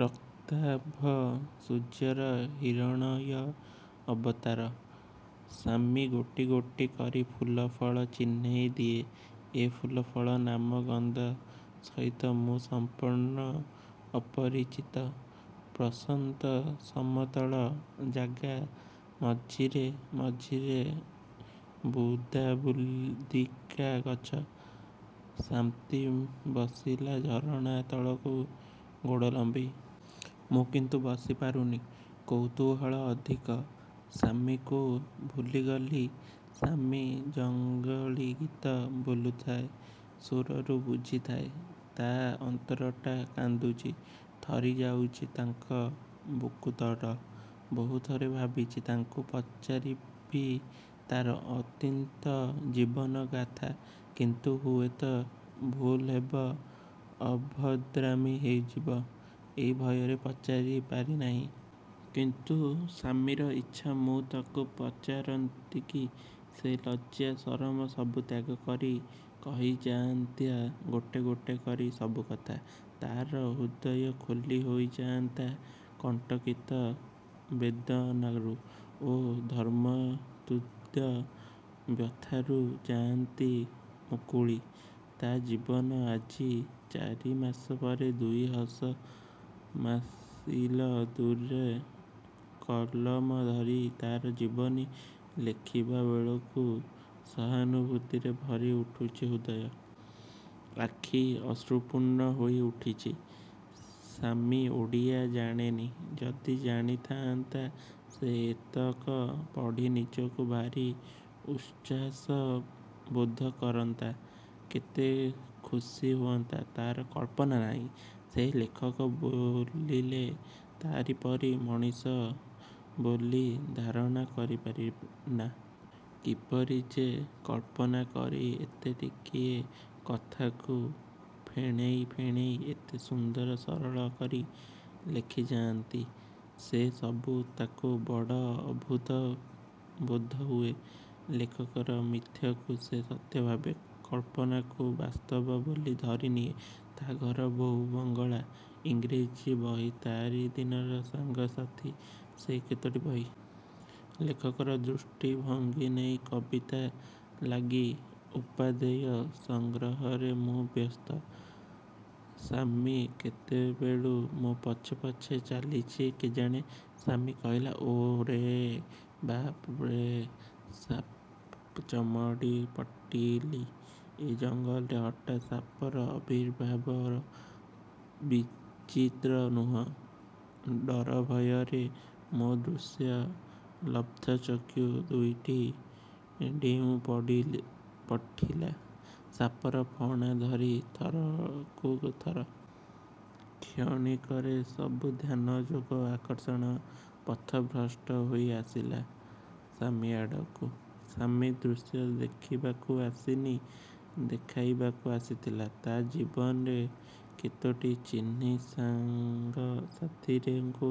ରକ୍ତାଭ ସୂର୍ଯ୍ୟର ହିରଣ୍ମୟ ଅବତାର। ଶାମ୍ମି ଗୋଟି ଗୋଟି କରି ଫୁଲ ଫଳ ଚିହ୍ନେଇ ଦିଏ। ଏ ଫୁଲ ଫଳର ନାମ ଗନ୍ଧ ସହିତ ମୁଁ ସମ୍ପୂର୍ଣ୍ଣ ଅପରିଚିତ। ପ୍ରଶସ୍ତ ସମତଳ ଜାଗା। ମଝି ମଝିରେ ବୁଦାବୁଦିକା ଗଛ। ଶାମ୍ମି ବସିଲା ଝରଣା ତଳକୁ ଗୋଡ଼ ଲମ୍ବେଇ। ମୁଁ କିନ୍ତୁ ବସି ପାରୁନି। କୌତୁହଳ ଅଧିକ। ଶାମ୍ମିକୁ ଭୁଲିଗଲି। ଶାମ୍ମି ଜଙ୍ଗଲି ଗୀତ ବୋଲୁଥାଏ। ସ୍ୱରରୁ ବୁଝୁଥାଏ ତା ଅନ୍ତରଟା କାନ୍ଦୁଚି ଥରି ଯାଉଚି ତାର ବୁକୁତଳ। ବହୁଥର ଭାବିଚି ତାକୁ ପଚାରିବି ତାର ଅତୀତ ଜୀବନ ଗାଥା। କିନ୍ତୁ ହୁଏତ ଭୁଲ ହେବ, ଅଭଦ୍ରାମି ହୋଇଯିବ, ଏଇ ଭୟରେ ପଚାରି ପାରି ନାହିଁ। କିନ୍ତୁ ଶାମ୍ମିର ଇଚ୍ଛା ମୁଁ ତାକୁ ପଚାରନ୍ତିକି ସେ ଲଜ୍ଜା ସରମ ସବୁ ତ୍ୟାଗ କରି କହିଯାଆନ୍ତା ଗୋଟି ଗୋଟି କରି ସବୁକଥା। ତାର ହୃଦୟ ଖୋଲି ହୋଇଯାଆନ୍ତା କଣ୍ଟକିତ ବେଦନାରୁ ଓ ମର୍ମନ୍ତୁଦ ବ୍ୟଥାରୁ। ଯାଆନ୍ତି ମୁକୁଳି ତା ଜୀବନ। ଆଜି ଚାରିମାସ ପରେ ଦୁଇ ଶହ ମାଇଲ ଦୂରରେ କଲମ ଧରି ତାର ଜୀବନୀ ଲେଖିବା ବେଳକୁ ସହାନୁଭୂତିରେ ଭରି ଉଠୁଛି ହୃଦୟ। ଆଖି ଅଶ୍ରୁପୂର୍ଣ୍ଣ ହୋଇ ଉଠୁଛି। ଶାମ୍ମି ଓଡ଼ିଆ ଜାଣେନା। ଯଦି ଜାଣିଥାଆନ୍ତା ସେ ଏତକ ପଢ଼ି ନିଜକୁ ଭାରି ଉଶ୍ୱାସ ବୋଧ କରନ୍ତା କେତେ ଖୁସି ହୁଅନ୍ତା ତାର କଳ୍ପନା ନାହିଁ। ସେ ଲେଖକ ବୋଲିଲେ ତାରି ପରି ମଣିଷ ବୋଲି ଧାରଣା କରି ପାରେନା। କିପରି ଯେ କଳ୍ପନା କରି ଏତେ ଟିକିଏ କଥାକୁ ଫେଣେଇ ଫାଣେଇ ଏତେ ସୁନ୍ଦର ସରସ କରି ଲେଖିଯାଆନ୍ତି ସେ ସବୁ ତାକୁ ବଡ଼ ଅଦ୍ଭୁତ ବୋଧହୁଏ! ଲେଖକର ମିଥ୍ୟାକୁ ସେ ସତ୍ୟ ଭାବେ, କଳ୍ପନାକୁ ବାସ୍ତବ ବୋଲି ଧରିନିଏ। ତା ଘରେ ବହୁ ବଙ୍ଗଳା ଇଂରେଜୀ ବହି ରାତି ଦିନର ସାଙ୍ଗ ସାଥୀ ସେଇ କେତୋଟି ବହି। ଲେଖକର ଦୃଷ୍ଟି ଭଙ୍ଗି ନେଇ କବିତା ଲାଗି ଉପାଦେୟ ସଂଗ୍ରହରେ ମୁଁ ବ୍ୟସ୍ତ। ଶାମ୍ମି କେତେବେଳୁ ମୋ ପଛେ ପଛେ ଚାଲିଚି ଜାଣେନା! ଶାମ୍ମି କହିଲା ଓରେ! ବାପ୍ରେ ସାପ୍। ଚମକି ପଡ଼ିଲି! ଏ ଜଙ୍ଗଲରେ ହଠାତ୍ ସାପର ଆବିର୍ଭାବ ବିଚିତ୍ର ନୁହେଁ! ଡରଭୟରେ ମୋ ଦୃଶ୍ୟ ଲବ୍ଧଚକ୍ଷୁ ଦୁଇଟି ଡେଇଁ ଉଠିଲା ସାପର ଫଣା ପରି ଥରକୁ ଥର। କ୍ଷଣିକରେ ସବୁ ଧ୍ୟାନ, ଯୋଗ, ଆକର୍ଷଣ ପଥଭ୍ରଷ୍ଟ ହୋଇ ଆସିଲା ଶାମ୍ମି ଆଡ଼କୁ। ଶାମ୍ମି ଦୃଶ୍ୟ ଦେଖିବାକୁ ଆସିନି ଦେଖାଇବାକୁ ଆସିଥିଲା ତା ଜୀବନରେ କେତୋଟି ଚିହ୍ନ ସାଙ୍ଗ ସାଥିଙ୍କୁ।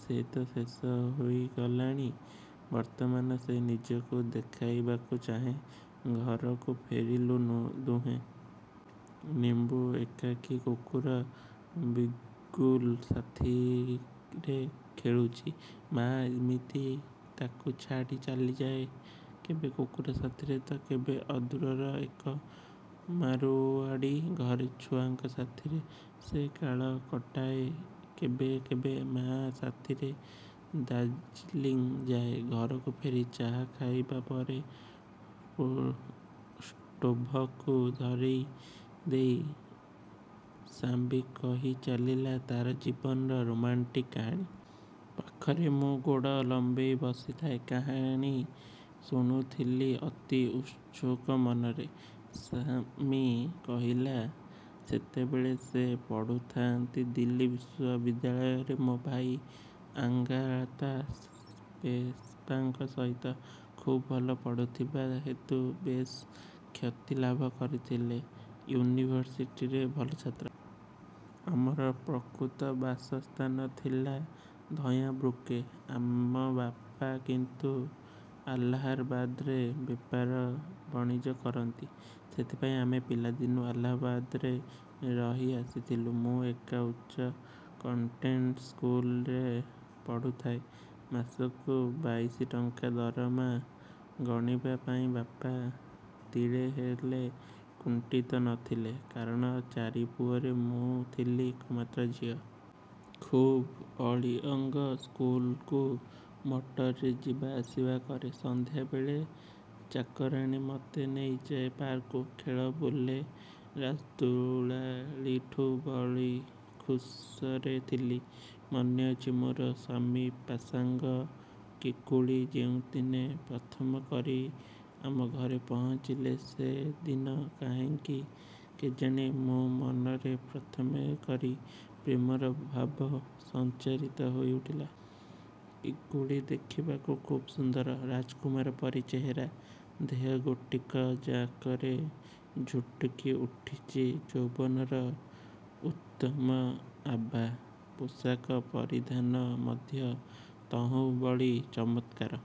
ସେ ତ ଶେଷ ହୋଇଗଲାଣି। ବର୍ତ୍ତମାନ ସେ ନିଜକୁ ଦେଖାଇବାକୁ ଚାହେଁ। ଘରକୁ ଫେରିଲୁ ଦୁହେଁ। ନିମ୍ମୁ ଏକାକୀ କୁକୁର ବିଗୁଲ୍ ସାଥିରେ ଖେଳୁଚି। ମାଆ ଏମିତି ତାକୁ ଛାଡ଼ି ଚାଲିଯାଏ କେବେ କୁକୁର ସାଥିରେ ତ କେବେ ଅଦୂରର ଏକ ମାରୁଆଡ଼ୀ ଘରେ ଛୁଆଙ୍କ ସାଥିରେ ସେ କାଳ କଟାଏ। କେବେ କେବେ ମାଆ ସାଥିରେ ଦାର୍ଜିଲିଂ ଯାଏ। ଘରକୁ ଫେରି ଚାହା ଖାଇବା ପରେ ଷ୍ଟୋଭକୁ ଧରେଇ ଦେଇ ଶାମ୍ମି କହି ଚାଲିଲା ତାର ଜୀବନର ରୋମାଣ୍ଟିକ୍ କାହାଣୀ। ପାଖରେ ମୁଁ ଗୋଡ଼ ଲମ୍ବେଇ ବସିଥାଏ। କାହାଣୀ ଶୁଣୁଥିଲି ଅତି ଉତ୍ସୁକ ମନରେ। ଶାମ୍ମି କହିଲା, "ସେତେବେଳେ ସେ ପଡ଼ୁଥାଆନ୍ତି ଦିଲ୍ଲୀ ବିଶ୍ୱବିଦ୍ୟାଳୟରେ ମୋ ଭାଇ ଆଙ୍ଗତା ସେପ୍ପାଙ୍କ ସହିତ। ଖୁବ୍ ଭଲ ପଢ଼ୁଥିବା। ହେତୁ ବେଶ୍ ଖ୍ୟାତି ଲାଭ କରିଥିଲେ ୟୁନିଭରସିଟିର ଭଲ ଛାତ୍ର। ଆମର ପ୍ରକୃତ ବାସସ୍ଥାନ ଥିଲା ଥୟାଁବୁକ୍ରେ। ଆମ ବାପା କିନ୍ତୁ ଆଲାହାବାଦରେ ବେପାର ବଣିଜ କରନ୍ତି। ସେଥିପାଇଁ ଆମେ ପିଲାଦିନୁ ଆଲାହାବାଦରେ ରହି ଆସିଥିଲୁ। ମୁଁ ଏକ ଉଚ୍ଚ କନ୍ଭେଣ୍ଟ ସ୍କୁଲରେ ପଢ଼ୁଥାଏ। ମାସକୁ ବାଇଶି ଟଙ୍କା ଦରମା ଗଣିବା ପାଇଁ ବାପା ତିଳେ ହେଲେ କୁଣ୍ଠିତ ନ ଥିଲେ; କାରଣ ଚାରି ପୁଅରେ ମୁଁ ଥିଲି ଏକମାତ୍ର ଝିଅ। ଖୁବ୍ ଅଳିଅଳ। ସ୍କୁଲକୁ ମଟରରେ ଯିବାଆସିବା କରେ। ସନ୍ଧ୍ୟାବେଳେ ଚାକରାଣୀ ମତେ ନେଇଯାଏ ପାର୍କକୁ। ଖେଳେ, ବୁଲେ; ରାଜଦୁଳାଲୀଠୁ ବଳି ସୁଖରେ ଥିଲି। ମନେ ଅଛି, ମୋର ସ୍ୱାମୀ ପାସାଙ୍ଗ କିକୁଲି ଯେଉଁଦିନ ପ୍ରଥମ କରି ଆମ ଘରେ ପହଞ୍ଚିଲେ ସେ ଦିନ କାହିଁକି କେଜାଣି ମୋ ମନରେ ପ୍ରଥମେ କରି ପ୍ରେମର ଭାବ ସଞ୍ଚାରିତ ହୋଇ ଉଠିଲା। କିକୁଲି ଦେଖିବାକୁ ଖୁବ୍ ସୁନ୍ଦର। ରାଜକୁମାର ପରି ଚେହେରା। ଦେହ ଗୋଟିକ ଯାକରେ ଝୁଟକି ଉଠୁଚି ଯୌବନର ଉଦ୍ଦାମ ଆଭା। ପୋଷାକ ପରିଧାନ ମଧ୍ୟ ତହୁଁ ବଳି ଚମତ୍କାର।